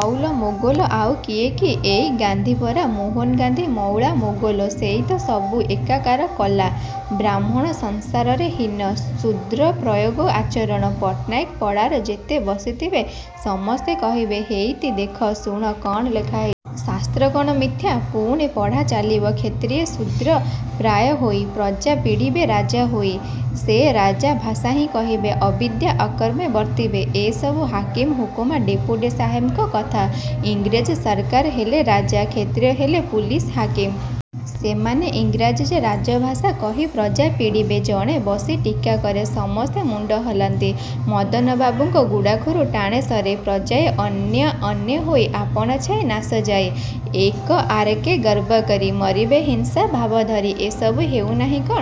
ମଉଲ ମୋଗଲ ଆଉ କିଏ କି! ଏଇ ଗାନ୍ଧି ପରା। ମୋହନ ଗାନ୍ଧି ମଉଳା ମୋଗଲ। ସେଇ ତ ସବୁ ଏକାକାର କଲା। ବ୍ରାହ୍ମଣେ ସଂସାରରେ ହୀନ। ଶୂଦ୍ର ପ୍ରାୟେକ ଆଚରଣ। ପଟ୍ଟନାୟକ ପଡ଼ାର ଯେତେ ବସିଥିବେ ସମସ୍ତେ କହିବେ, ହେଇତି ଦେଖ, ଶୁଣ, କ'ଣ ଲେଖା ହେଇଚି। ଶାସ୍ତ୍ର କ'ଣ ମିଥ୍ୟା। ପୁଣି ପଢ଼ାଚାଲିବ, କ୍ଷତ୍ରିୟେ ଶୂଦ୍ର ପ୍ରାୟେ ହୋଇ। ପ୍ରଜା ପୀଡ଼ିବେ ରାଜା ହୋଇ। ସେ ରାଜା ଭାଷାହିଁ କହିବେ। ଅବିଦ୍ୟା ଅକର୍ମେ ବର୍ତ୍ତିବେ। ଏସବୁ ହାକିମ ହୁକୁମା ଡେପୁଟି ସାହେବଙ୍କ କଥା। ଇଂରେଜୀ ସରକାର ହେଲେ ରାଜା। କ୍ଷତ୍ରିୟ ହେଲେ ପୁଲିସ ହାକିମ। ସେମାନେ ଇଂରାଜୀ ଯେ ରାଜଭାଷା କହି ପ୍ରଜା ପୀଡ଼ିବେ। ଜଣେ ବସି ଟୀକା କରେ, ସମସ୍ତେ ମୁଣ୍ଡ ହଲାନ୍ତି। ମଦନବାବୁଙ୍କ ଗୁଡ଼ାଖୁରୁ ଟାଣେ ସରେ। ପ୍ରଜାଏ ଅନ୍ୟୋ ଅନ୍ୟେ ହୋଇ। ଆପଣା ଛାଏଁ ନାଶଯାଇ। ଏକ ଆରେକେ ଗର୍ବ କରି। ମରିବେ ହିଂସା ଭାବଧରି। ଏସବୁ ହଉ ନାହିଁ କ'ଣ!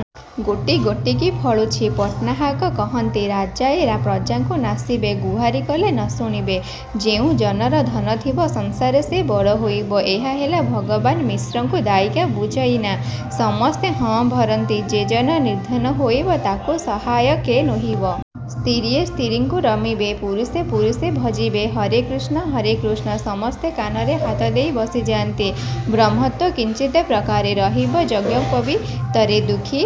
ଗୋଟି ଗୋଟିକି ଫଳୁଛି। ପଟ୍ଟନାହକ କହନ୍ତି, ରାଜାଏ ପ୍ରଜାଙ୍କୁ ନାଶିବେ। ଗୁହାରି କଲେ ନ ଶୁଣିବେ। ଯେଉଁ ଜନର ଧନ ଥିବ। ସଂସାରେ ସେ ବଡ଼ ହୋଇବ। ଏ ହେଲା ଭଗବାନ ମିଶ୍ରଙ୍କୁ ଦାୟିକା, ବୁଝଇନା? ସମସ୍ତେ ହଁ ଭରନ୍ତି। ଯେ ଜନ ନିର୍ଧନ ହୋଇବ। ତାକୁ ସହାୟ କେ ନୋହିବ। ସ୍ତିରୀଏ ସ୍ତିରୀଙ୍କୁ ରମିବେ। ପୁରୁଷ ପୁରୂଷେ ଭଜିବେ। ହରେ କୃଷ୍ଣ, ହରେ କୃଷ୍ଣ। ସମସ୍ତେ କାନରେ ହାତଦେଇ ବସିଯାନ୍ତି। ବ୍ରହ୍ମତ୍ୱ କିଞ୍ଚିତ୍ ପ୍ରକାରେ। ରହିବ ଯଜ୍ଞୋପବୀତରେ। ଦୁଃଖୀ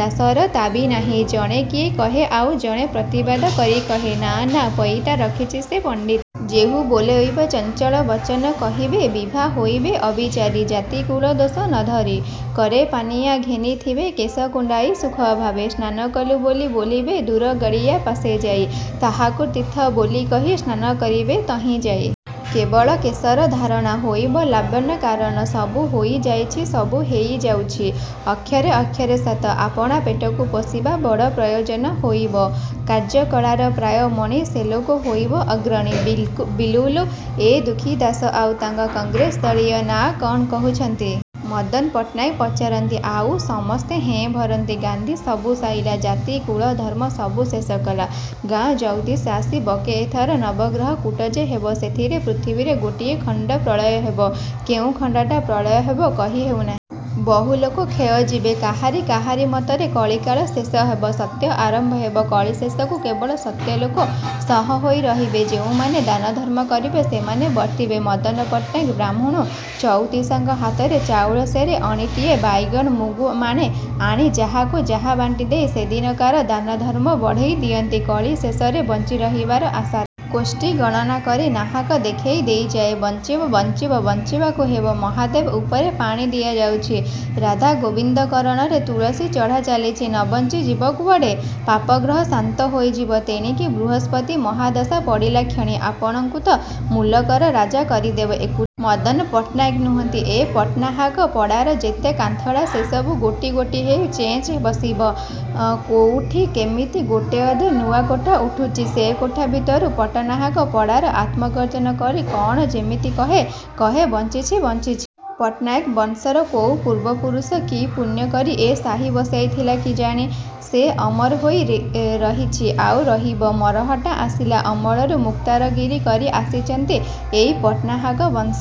ଦାଶର ତା'ବି ନାହିଁ। ଜଣେ କିଏ କହେ ଆଉ ଜଣେ ପ୍ରତିବାଦ କରି କହେ, ନା ନା ପଇତା ରଖିଛି ସେ। ପଣ୍ଡିତ ଯେହୁ ବୋଲାଇବେ। ଚଞ୍ଚଳ ବଚନ କହିବେ। ବିଭା ହୋଇବେ ଅବିଚାରି। ଜାତିକୁଳ ଦୋଷ ନ ଧରି। କରେ ପାନିଆ ଘେନିଥିବେ। କେଶ କୁଣ୍ଡାଇ ସୁଖଭାବେ। ସ୍ନାନ କଲୁ ବୋଲି ବୋଲିବେ। ଦୂର ଗଡ଼ିଆ ପାଶେ ଯିବେ। ତାହାକୁ ତୀର୍ଥ ବୋଲି କହି। ସ୍ନାନ କରିବେ ତହିଁ ଯାଇ। କେବଳ କେଶର ଧାରଣ। ହୋଇବ ଲାବଣ୍ୟ କାରଣ। ସବୁ ହେଇଯାଉଛି, ସବୁ ହେଇଯାଉଛି, ଅକ୍ଷରେ ଅକ୍ଷରେ ସତ। ଆପଣା ପେଟକୁ ପୋଷିବା। ବଡ଼ ପ୍ରୟୋଜନ ହୋଇବ। କାର୍ଯ୍ୟକଳାର ପ୍ରାୟ ମଣି। ସେ ଲୋକ ହୋଇବ ଅଗ୍ରଣୀ। ବିଲୁଲ୍ ବିଲ୍କୁଲ୍ ଏ ଦୁଃଖୀ ଦାଶ ଆଉ ତାଙ୍କ କଂଗ୍ରେସ ଦଳୀୟ ନା କ'ଣ କହୁଛନ୍ତି? ମଦନ ପଟ୍ଟନାୟକ ପଚାରନ୍ତି। ଆଉ ସମସ୍ତେ ହଁ ଭରନ୍ତି। ଗାନ୍ଧି ସବୁ ସାଇଲା। ଜାତି କୁଳ ଧର୍ମ ସବୁ ଶେଷ କଲା। ଗାଁ ଜଉତିଷ ଆସି ବକେ ଏଥର ନବଗ୍ରହ କୂଟ ଯେ ହବ, ସେଥିରେ ପୃଥିବୀରେ ଗୋଟିଏ ଖଣ୍ଡପ୍ରଳୟ ହବ। କେଉଁ ଖଣ୍ଡଟା ପ୍ରଳୟ ହବ, କହି ହଉ ନାହିଁ। ବହୁଲୋକ କ୍ଷୟ ଯିବେ, କାହାରି କାହାରି ମତରେ କଳିକାଳ ଶେଷ ହେବ, ସତ୍ୟ ଆରମ୍ଭ ହବ। କଳି ଶେଷକୁ କେବଳ ସତ ଲୋକେ ଶହ ହୋଇ ରହିବେ। ଯେଉଁମାନେ ଦାନ ଧର୍ମ କରିବେ, ସେମାନେ ବର୍ତ୍ତିବେ। ମଦନ ପଟ୍ଟନାୟକ ବାହ୍ମୁଣ ଜଉତିଷଙ୍କ ହାତରେ ଚାଉଳ ସେରେ, ଅଣିଟିଏ, ବାଇଗଣ ମୁଗ ମାଣେ ଆଣି ଯାହାକୁ ଯାହା ବାଣ୍ଟି ଦେଇ ସେଦିନକାର ଦାନ ଧର୍ମ ବଢ଼େଇ ଦିଅନ୍ତି, କଳି ଶେଷରେ ବଞ୍ଚି ରହିବାର ଆଶାରେ। କୋଷ୍ଠୀ ଗଣନା କରି ନାହାକ ଦେଖେଇ ଦେଇଯାଏ, ବଞ୍ଚିବ, ବଞ୍ଚିବ, ବଞ୍ଚିବାକୁ ହବ। ମହାଦେବ ଉପରେ ପାଣି ଦିଆଯାଉଛି, ରାଧା ଗୋବିନ୍ଦ କରଣରେ ତୁଳସୀ ଚଢ଼ା ଚାଲିଚି, ନ ବଞ୍ଚି ଯିବ କୁଆଡ଼େ। ପାପଗ୍ରହ ଶାନ୍ତ ହୋଇଯିବ। ତେଣିକି ବୃହସ୍ପତି ମହାଦଶା ପଡ଼ିଲାକ୍ଷଣି, ଆପଣଙ୍କୁ ତ ମୁଲକର ରାଜା କରିଦେବ। ଏକୁଟିଆ ମଦନ ପଟ୍ଟନାୟକ ନୁହନ୍ତି। ଏ ପଟ୍ଟନାହାକ ପଡ଼ାର ଯେତେ କାନ୍ଥଡ଼ା ସେସବୁ ଗୋଟି ଗୋଟି ହେଇ ଚେଇଁ ବସିବ। କୋଉଠି କେମିତି ଗୋଟେ ଅଧେ ନୂଆ କୋଠା ଉଠୁଛି। ସେ କୋଠା ଭିତରୁ ପଟ୍ଟନାହାକ ପଡ଼ାର ଆତ୍ମ ଗର୍ଜନ କରି କ'ଣ ଯେମିତି କହେ। କହେ, ବଞ୍ଚିଛି, ବଞ୍ଚିଛି। ପଟ୍ଟନାୟକ ବଂଶର କୋଉଁ ପୂର୍ବପୁରୁଷ କି ପୁଣ୍ୟ କରି ଏ ସାହି ବସେଇଥିଲା କିଜାଣି, ସେ ଅମର ହେଇ ରହିଚି, ଆଉ ରହିବ। ମରହଟ୍ଟା ଆସିଲା ଅମଳରୁ ମୁକ୍ତାରଗିରି କରି ଆସିଚନ୍ତି ଏଇ ପଟ୍ଟନାହାକ ବଂଶ।